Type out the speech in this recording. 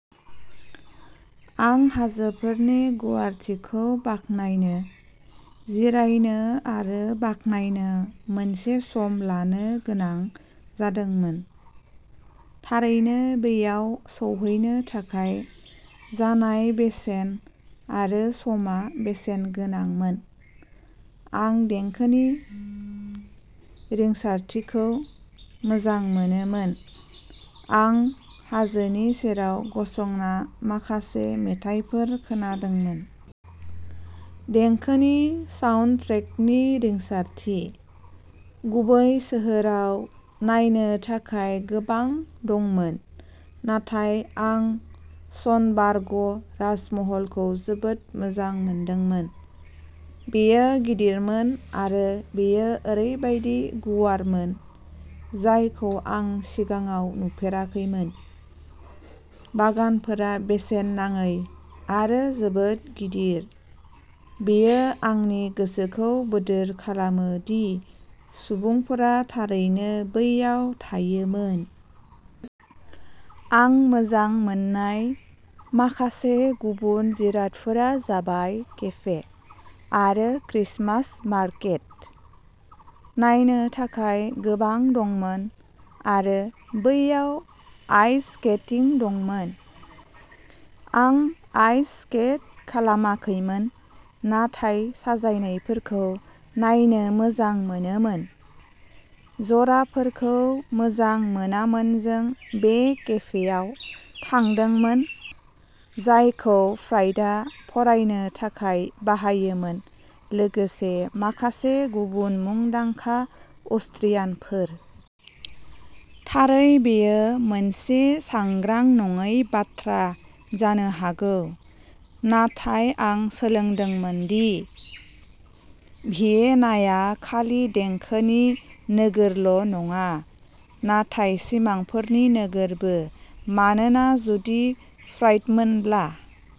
आं हाजोफोरनि गुवारथिखौ बाख्नायनो जिरायनो आरो बाख्नायनो मोनसे सम लानो गोनां जादोंमोन। थारैनो बैयाव सौहैनो थाखाय जानाय बेसेन आरो समा बेसेनगोनांमोन। आं देंखोनि रिंसारथिखौ मोजां मोनोमोन आरो आं हाजोनि सेराव गसंना माखासे मेथाइफोर खोनादोंमोन। देंखोनि साउन्डट्रेकनि रिंसारथि। गुबै सोहोराव, नायनो थाखाय गोबां दंमोन नाथाय आं श'नबार्ग राजमहलखौ जोबोद मोजां मोनदोंमोन। बेयो गिदिरमोन आरो बेयो ओरैबायदि गुबुनमोन जायखौ आं सिगाङाव नुफेराखैमोन। बागानफोरा बेसेन नाङै आरो जोबोद गिदिर। बेयो आंनि गोसोखौ बोदोर खालामो दि सुबुंफोरा थारैनो बैयाव थायोमोन। आं मोजां मोननाय माखासे गुबुन जिरादफोरा जाबाय केफे आरो क्रिसमास मार्केट। नायनो थाखाय गोबां दंमोन आरो बैयाव आइस स्केटिं दंमोन। आं आइस स्केट खालामाखैमोन नाथाय साजायनायफोरखौ नायनो मोजां मोनोमोन। जराफोरखौ मोजां मोनामोनजों बे केफेआव थांदोंमोन जायखौ फ्रायडआ फरायनो थाखाय बाहायोमोन लोगोसे माखासे गुबुन मुंदांखा अस्ट्रियानफोर। थारै बेयो मोनसे सांग्रां नङै बाथ्रा जानो हागौ, नाथाय आं सोलोंदोंमोन दि भियेनाया खालि देंखोनि नोगोरल'नङा, नाथाय सिमांफोरनि नोगोरबो मानोना जुदि फ्रायडमोनब्ला।